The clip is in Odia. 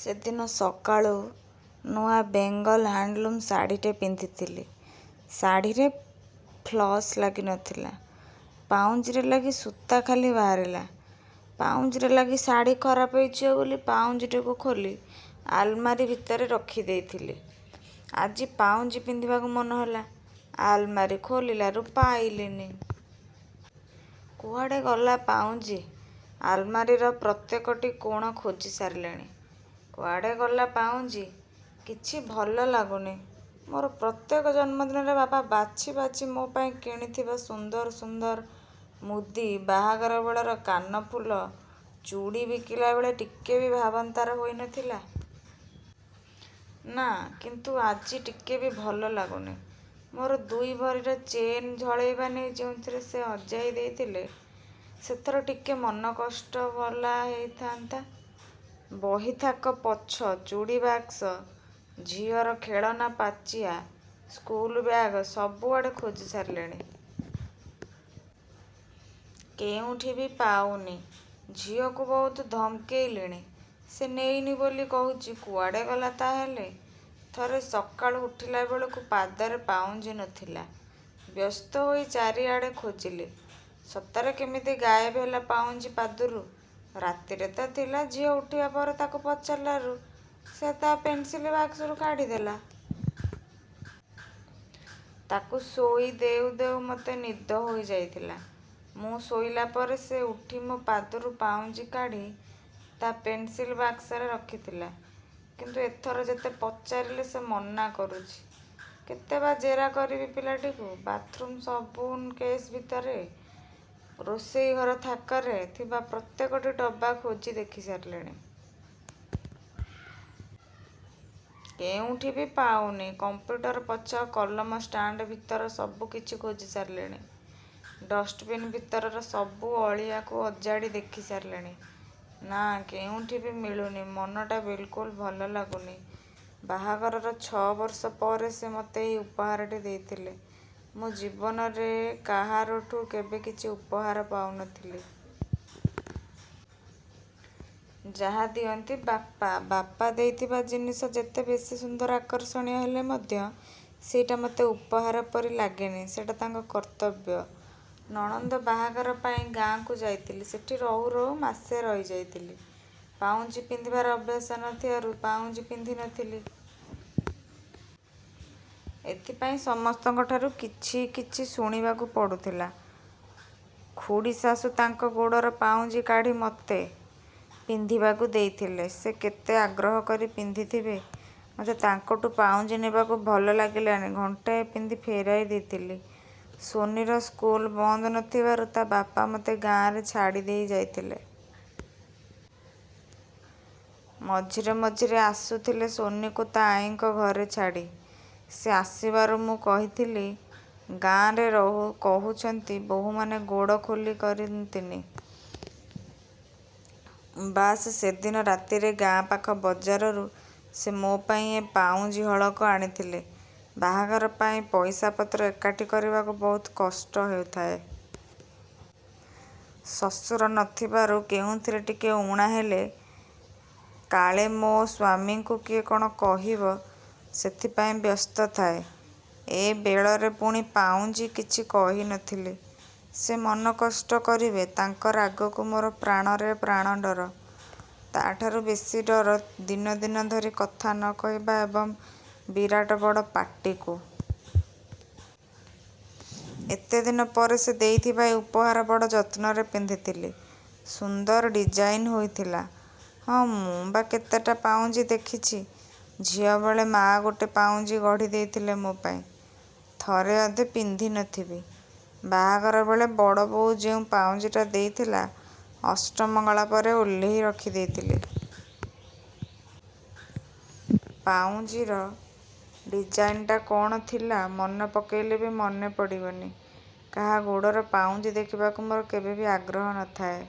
ସେଦିନ ସକାଳୁ ନୂଆ ବେଙ୍ଗଲ ହାଣ୍ଡଲୁମ ଶାଢ଼ୀଟେ ପିନ୍ଧିଥିଲି, ଶାଢ଼ୀରେ ଫ୍ଲସ ଲାଗିନଥିଲା। ପାଉଁଜିରେ ଲାଗି ସୁତା ଖାଲି ବାହାରିଲା। ପାଉଁଜିରେ ଲାଗି ଶାଢ଼ୀ ଖରାପ ହୋଇଯିବ ବୋଲି ପାଉଁଜିଟିକୁ ଖୋଲି ଆଲମାରୀ ଭିତରେ ରଖିଦେଇଥିଲି। ଆଜି ପାଉଁଜି ପିନ୍ଧିବାକୁ ମନ ହେଲା, ଆଲମାରି ଖୋଲିଲାରୁ ପାଇଲିନି। କୁଆଡ଼େ ଗଲା ପାଉଁଜି। ଆଲମାରୀର ପ୍ରତ୍ୟେକଟି କୋଣ ଖୋଜିସାରିଲିଣି। କୁଆଡ଼େ ଗଲା ପାଉଁଜି। କିଛି ଭଲ ଲାଗୁନି। ମୋର ପ୍ରତ୍ୟେକ ଜନ୍ମଦିନରେ ବାପା ବାଛି ବାଛି ମୋ ପାଇଁ କିଣିଥିବା ସୁନ୍ଦର ସୁନ୍ଦର ମୁଦି, ବାହାଘର ବେଳର କାନ ଫୁଲ, ଚୁଡ଼ି ବିକିଲାବେଳେ ଟିକେ ବି ଭାବାନ୍ତର ହୋଇନଥିଲା। ନା କିନ୍ତୁ ଆଜି ଟିକେ ବି ଭଲ ଲାଗୁନି। ମୋର ଦୁଇ ଭରିର ଚେନ ଝଳେଇବା ନେଇ ଯେଉଁଥର ସେ ହଜାଇ ଦେଇଥିଲେ ସେଥର ଟିକେ ମନକଷ୍ଟ ଭଲା ହୋଇଥାନ୍ତା। ବହିଥାକ ପଛ, ଚୂଡ଼ିବାକ୍ସ, ଝିଅର ଖେଳନା ପାଚିଆ, ସ୍କୁଲ ବ୍ୟାଗ ସବୁଆଡ଼େ ଖୋଜି ସାରିଲିଣି। କେଉଁଠି ବି ପାଉନି। ଝିଅକୁ ବହୁତ ଧମକେଇଲିଣି, ସେ ନେଇନି ବୋଲି କହୁଛି। କୁଆଡ଼େ ଗଲା ତା'ହେଲେ? ଥରେ ସକାଳୁ ଉଠିଲାବେଳକୁ ପାଦରେ ପାଉଁଜି ନ ଥିଲା। ବ୍ୟସ୍ତହୋଇ ଚାରିଆଡ଼ ଖୋଜିଲି। ସତରେ କେମିତି ଗାଏବ ହେଲା ପାଉଁଜି ପାଦରୁ ରାତିରେ ତ ଥିଲା, ଝିଅ ଉଠିବା ପରେ ତାକୁ ପଚାରିଲାରୁ ସେ ତା' ପେନ୍ସିଲ ବାକ୍ସରୁ କାଢ଼ିଦେଲା। ତାକୁ ଶୋଇ ଦେଉ ଦେଉ ମୋତେ ନିଦ ହୋଇଯାଇଥିଲା। ମୁଁ ଶୋଇଲାପରେ ସେ ଉଠି ମୋ ପାଦରୁ ପାଉଁଜି କାଢ଼ି ତା' ପେନ୍ସିଲ ବାକ୍ସରେ ରଖିଥିଲା। କିନ୍ତୁ ଏଥର ଯେତେ ପଚାରିଲେ ସେ ମନାକରୁଛି। କେତେ ବା ଜେରା କରିବି ପିଲାଟିକୁ? ବାଥରୁମ୍ର ସାବୁନକେଶ ଭିତର, ରୋଷେଇ ଘର ଥାକରେ ଥିବା ପ୍ରତ୍ୟେକଟି ଡବା ଖୋଜି ଦେଖିସାରିଲିଣି। କେଉଁଠିବି ପାଉନି। କମ୍ପ୍ୟୁଟର ପଛ କଲମ ଷ୍ଟାଣ୍ଡ ଭିତର ସବୁକିଛି ଖୋଜି ସାରିଲିଣି। ଡଷ୍ଟବିନ ଭିତରର ସବୁ ଅଳିହାକୁ ଅଜାଡ଼ି ଦେଖିସାରିଲିଣି। ନା... କେଉଁଠି ବି ମିଳୁନି। ମନଟା ବିଲକୁଲ ଭଲଲାଗୁନି। ବାହାଘରର ଛ' ବର୍ଷ ପରେ ସେ ମୋତେ ଏହି ଉପହାରଟି ଦେଇଥିଲେ। ମୋ ଜୀବନରେ କାହାରଠୁ କେବେ କିଛି ଉପହାର ପାଉନଥିଲି। ଯାହା ଦିଅନ୍ତି ବାପା। ବାପା ଦେଇଥିବା ଜିନିଷ ଯତେ ବେଶୀ ସୁନ୍ଦର ଆକର୍ଷଣୀୟ ହେଲେ ମଧ୍ୟ ସେଇଟା ମୋତେ ଉପହାର ପରି ଲାଗେନି। ସେଇଟା ତାଙ୍କ କର୍ତ୍ତବ୍ୟ...। ନଣନ୍ଦ ବାହାଘର ପାଇଁ ଗାଁକୁ ଯାଇଥିଲି। ସେଠି ରହୁ ରହୁ ମାସ ରହିଯାଇଥିଲି। ପାଉଁଜି ପିନ୍ଧିବାର ଅଭ୍ୟାସ ନଥିବାରୁ ପାଉଁଜି ପିନ୍ଧିନଥିଲି। ଏଥିପାଇଁ ସମସ୍ତଙ୍କଠାରୁ କିଛି କିଛି ଶୁଣିବାକୁ ପଡ଼ୁଥିଲା। ଖୁଡ଼ିଶାଶୁ ତାଙ୍କ ଗୋଡର ପାଉଁଜି କାଢ଼ି ମୋତେ। ପିନ୍ଧିବାକୁ ଦେଇଥିଲେ। ସେ କେତେ ଆଗ୍ରହ କରି ପିନ୍ଧିଥିବେ, ମୋତେ ତାଙ୍କଠୁ ପାଉଁଜି ନେବାକୁ ଭଲ ଲାଗିଲାନି ଘଣ୍ଟାଏ ପିନ୍ଧି ଫେରେଇ ଦେଇଥିଲି। ସୋନିର ସ୍କୁଲ ବନ୍ଦ ନ ଥିବାରୁ ତା'ବାପା ମୋତେ ଗାଁରେ ଛାଡ଼ିଦେଇ ଯାଇଥିଲେ। ମଝିରେ ମଝିରେ ଆସୁଥିଲେ ସୋନିକୁ ତା' ଆଈଙ୍କ ଘରେ ଛାଡ଼ି। ସେ ଆସିବାରୁ ମୁଁ କହିଥିଲି, ଗାଁରେ କହୁଛନ୍ତି ବୋହୂମାନେ ଗୋଡ଼ ଖାଲି କରନ୍ତିନି। ବାସ୍ ସେଦିନ ରାତିରେ ଗାଁପାଖ ବଜାରରୁ ସେ ମୋ ପାଇଁ ଏ ପାଉଁଜି ହଳକ ଆଣିଥିଲେ। ବାହାଘର ପାଇଁ ପଇସାପତ୍ର ଏକାଠି କରିବାକୁ ବହୁତ କଷ୍ଟ ହେଉଥାଏ। ଶଶୁର ନ ଥିବାରୁ କେଉଁଥିରେ ଟିକେ ଉଣା ହେଲେ, କାଳେ ମୋ ସ୍ୱାମୀଙ୍କୁ କିଏ କ'ଣ କହିବ, ସେଥିପାଇଁ ବ୍ୟସ୍ତ ଥାଏ। ଏ ବେଳରେ ପୁଣି ପାଉଁଜି? କିଛି କହିନଥିଲି। ସେ ମନକଷ୍ଟ କରିବେ। ତାଙ୍କ ରାଗକୁ ମୋର ପ୍ରାଣରେ ପ୍ରାଣ ଡର, ତା'ଠାରୁ ବେଶୀ ଡର ଦିନଦିନ ଧରି କଥା ନ କହିବା ଏବଂ ବିରାଟ ବଡ଼ ପାଟିକୁ। ଏତେଦିନ ପରେ ସେ ଦେଇଥିବା ଏହି ଉପହାର ବଡ଼ ଯତ୍ନରେ ପିନ୍ଧିଥିଲି। ସୁନ୍ଦର ଡିଜାଇନ ହୋଇଥିଲା। ହଁ ମୁଁ ବା କେତେଟା ପାଉଁଜି ଦେଖିଛି...। ଝିଅବେଳେ ମା' ଗୋଟେ ପାଉଁଜି ଗଢ଼ିଦେଇଥିଲେ ମୋ ପାଇଁ। ଥରେ ଅଧେ ପିନ୍ଧି ନ ଥିବି। ବାହାଘରବେଳେ ବଡ଼ବୋଉ ଯେଉଁ ପାଉଁଜିଟା ଦେଇଥିଲା, ଅଷ୍ଟମଙ୍ଗଳାପରେ ଓହ୍ଲେଇ ରଖିଦେଇଥିଲି। ପାଉଁଜିର ଡିଜାଇନଟା କ'ଣ ଥିଲା, ମନ ପକେଇଲେ ବି ମନେ ପଡ଼ିବନି। କାହା ଗୋଡ଼ର ପାଉଁଜି ଦେଖିବାକୁ ମୋର କେବେ ବି ଆଗ୍ରହ ନ ଥାଏ।